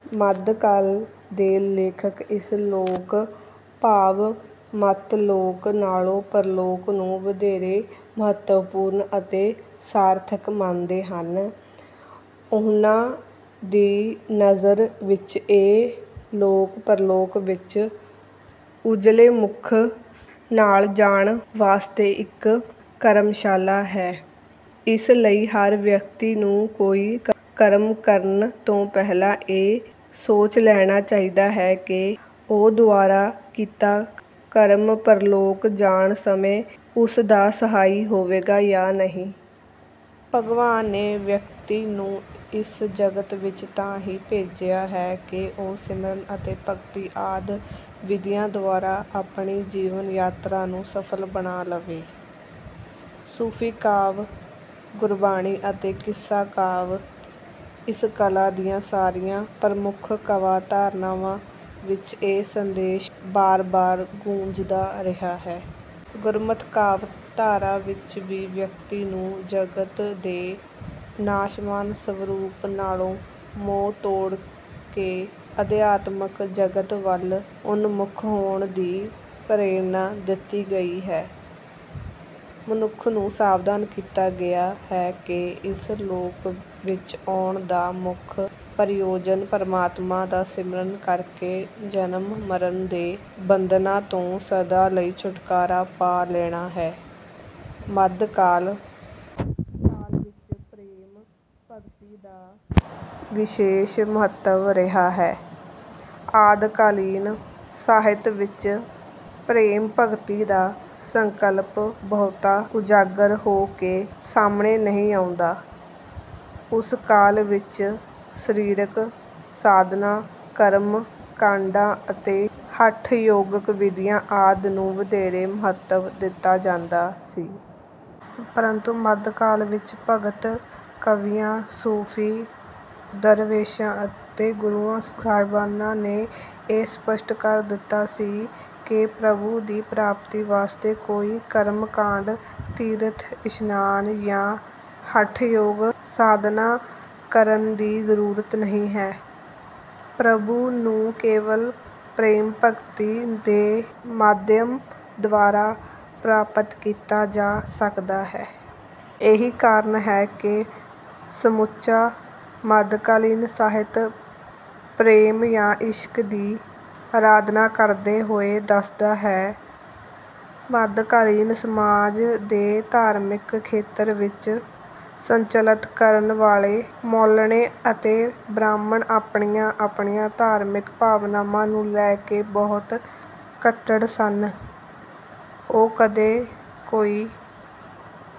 ਮੱਧਕਾਲ ਦੇ ਲੇਖਕ ਇਸ ਲੋਕ, ਭਾਵ ਮਾਤ-ਲੋਕ ਨਾਲੋਂ ਪਰਲੋਕ ਨੂੰ ਵਧੇਰੇ ਮਹੱਤਵਪੂਰਨ ਅਤੇ ਸਾਰਥਿਕ ਮੰਨਦੇ ਹਨ। ਉਨ੍ਹਾਂ ਦੀ ਨਜ਼ਰ ਵਿੱਚ ਇਹ ਲੋਕ ਪਰਲੋਕ ਵਿੱਚ ਉਜਲੇ ਮੁੱਖ ਨਾਲ ਜਾਣ ਵਾਸਤੇ ਇੱਕ ਕਰਮਸ਼ਾਲਾ ਹੈ। ਇਸ ਲਈ ਹਰ ਵਿਅਕਤੀ ਨੂੰ ਕੋਈ ਕਰਮ ਕਰਨ ਤੋਂ ਪਹਿਲਾਂ ਇਹ ਸੋਚ ਲੈਣਾ ਚਾਹੀਦਾ ਹੈ ਕਿ ਉਸ ਦੁਆਰਾ ਕੀਤਾ ਕਰਮ ਪਰਲੋਕ ਜਾਣ ਸਮੇਂ ਉਸ ਦਾ ਸਹਾਈ ਹੋਵੇਗਾ ਜਾਂ ਨਹੀਂ। ਪ੍ਰਭੂ ਨੇ ਵਿਅਕਤੀ ਨੂੰ ਇਸ ਜਗਤ ਵਿੱਚ ਤਾਂ ਹੀ ਭੇਜਿਆ ਹੈ ਕਿ ਉਹ ਸਿਮਰਨ ਅਤੇ ਭਗਤੀ ਆਦਿ ਵਿਧੀਆਂ ਦੁਆਰਾ ਆਪਣੀ ਜੀਵਨ-ਯਾਤਰਾ ਨੂੰ ਸਫ਼ਲ ਬਣਾ ਲਵੇ। ਸੂਫ਼ੀ ਕਾਵਿ, ਗੁਰਬਾਣੀ ਅਤੇ ਕਿੱਸਾ ਕਾਵਿ—ਇਸ ਕਾਲ ਦੀਆਂ ਸਾਰੀਆਂ ਪ੍ਰਮੁੱਖ ਕਾਵਿ-ਧਾਰਾਵਾਂ ਵਿੱਚ ਇਹੀ ਸੰਦੇਸ਼ ਬਾਰ-ਬਾਰ ਗੂੰਜਦਾ ਰਿਹਾ ਹੈ। ਗੁਰਮਤਿ ਕਾਵਿ-ਧਾਰਾ ਵਿੱਚ ਵੀ ਵਿਅਕਤੀ ਨੂੰ ਜਗਤ ਦੇ ਨਾਸ਼ਮਾਨ ਸਰੂਪ ਨਾਲੋਂ ਮੋਹ ਤੋੜ ਕੇ ਅਧਿਆਤਮਕ ਜਗਤ ਵੱਲ ਉਨਮੁੱਖ ਹੋਣ ਦੀ ਪ੍ਰੇਰਣਾ ਦਿੱਤੀ ਗਈ ਹੈ। ਮਨੁੱਖ ਨੂੰ ਸਾਵਧਾਨ ਕੀਤਾ ਗਿਆ ਹੈ ਕਿ ਇਸ ਲੋਕ ਵਿੱਚ ਆਉਣ ਦਾ ਮੁੱਖ ਪ੍ਰਯੋਜਨ ਪ੍ਰਮਾਤਮਾ ਦਾ ਸਿਮਰਨ ਕਰਕੇ ਜਨਮ-ਮਰਨ ਦੇ ਬੰਧਨਾਂ ਤੋਂ ਸਦਾ ਲਈ ਛੁਟਕਾਰਾ ਪਾ ਲੈਣਾ ਹੈ। ਮੱਧਕਾਲ ਕਾਲ ਵਿੱਚ ਪ੍ਰੇਮ-ਭਗਤੀ ਦਾ ਵਿਸ਼ੇਸ਼ ਮਹੱਤਵ ਰਿਹਾ ਹੈ। ਆਦਿਕਾਲੀਨ ਸਾਹਿਤ ਵਿੱਚ ਪ੍ਰੇਮ-ਭਗਤੀ ਦਾ ਸੰਕਲਪ ਬਹੁਤਾ ਉਜਾਗਰ ਹੋ ਕੇ ਸਾਹਮਣੇ ਨਹੀਂ ਆਉਂਦਾ। ਉਸ ਕਾਲ ਵਿੱਚ ਸਰੀਰਕ ਸਾਧਨਾਂ, ਕਰਮ-ਕਾਂਡਾਂ ਅਤੇ ਹਠ-ਯੋਗਿਕ ਵਿਧੀਆਂ ਆਦਿ ਨੂੰ ਵਧੇਰੇ ਮਹੱਤਵ ਦਿੱਤਾ ਜਾਂਦਾ ਸੀ। ਪਰੰਤੂ ਮੱਧਕਾਲ ਵਿੱਚ ਭਗਤ ਕਵੀਆਂ, ਸੂਫ਼ੀ ਦਰਵੇਸ਼ਾਂ ਅਤੇ ਗੁਰੂ ਸਾਹਿਬਾਨ ਨੇ ਇਹ ਸਪਸ਼ਟ ਕਰ ਦਿੱਤਾ ਸੀ ਕਿ ਪ੍ਰਭੂ ਦੀ ਪ੍ਰਾਪਤੀ ਵਾਸਤੇ ਕੋਈ ਕਰਮ-ਕਾਂਡ, ਤੀਰਥ-ਇਸ਼ਨਾਨ ਜਾਂ ਹਠਯੋਗ-ਸਾਧਨਾ ਕਰਨ ਦੀ ਜ਼ਰੂਰਤ ਨਹੀਂ ਹੈ। ਪ੍ਰਭੂ ਨੂੰ ਕੇਵਲ ਪ੍ਰੇਮ-ਭਗਤੀ ਦੇ ਮਾਧਿਅਮ ਦੁਆਰਾ ਪ੍ਰਾਪਤ ਕੀਤਾ ਜਾ ਸਕਦਾ ਹੈ। ਇਹੀ ਕਾਰਨ ਹੈ ਕਿ ਸਮੁੱਚਾ ਮੱਧਕਾਲੀਨ ਸਾਹਿਤ ਪ੍ਰੇਮ ਜਾਂ ਇਸ਼ਕ ਦੀ ਅਰਾਧਨਾ ਕਰਦਾ ਹੋਇਆ ਦਿਸਦਾ ਹੈ। ਮੱਧਕਾਲੀਨ ਸਮਾਜ ਦੇ ਧਾਰਮਿਕ ਖੇਤਰ ਨੂੰ ਸੰਚਾਲਿਤ ਕਰਨ ਵਾਲੇ ਮੌਲਾਣੇ ਅਤੇ ਬ੍ਰਾਹਮਣ ਆਪਣੀਆਂ-ਆਪਣੀਆਂ ਧਾਰਮਿਕ ਭਾਵਨਾਵਾਂ ਨੂੰ ਲੈ ਕੇ ਬਹੁਤ ਕੱਟੜ ਸਨ। ਉਹ ਕਦੇ ਕੋਈ...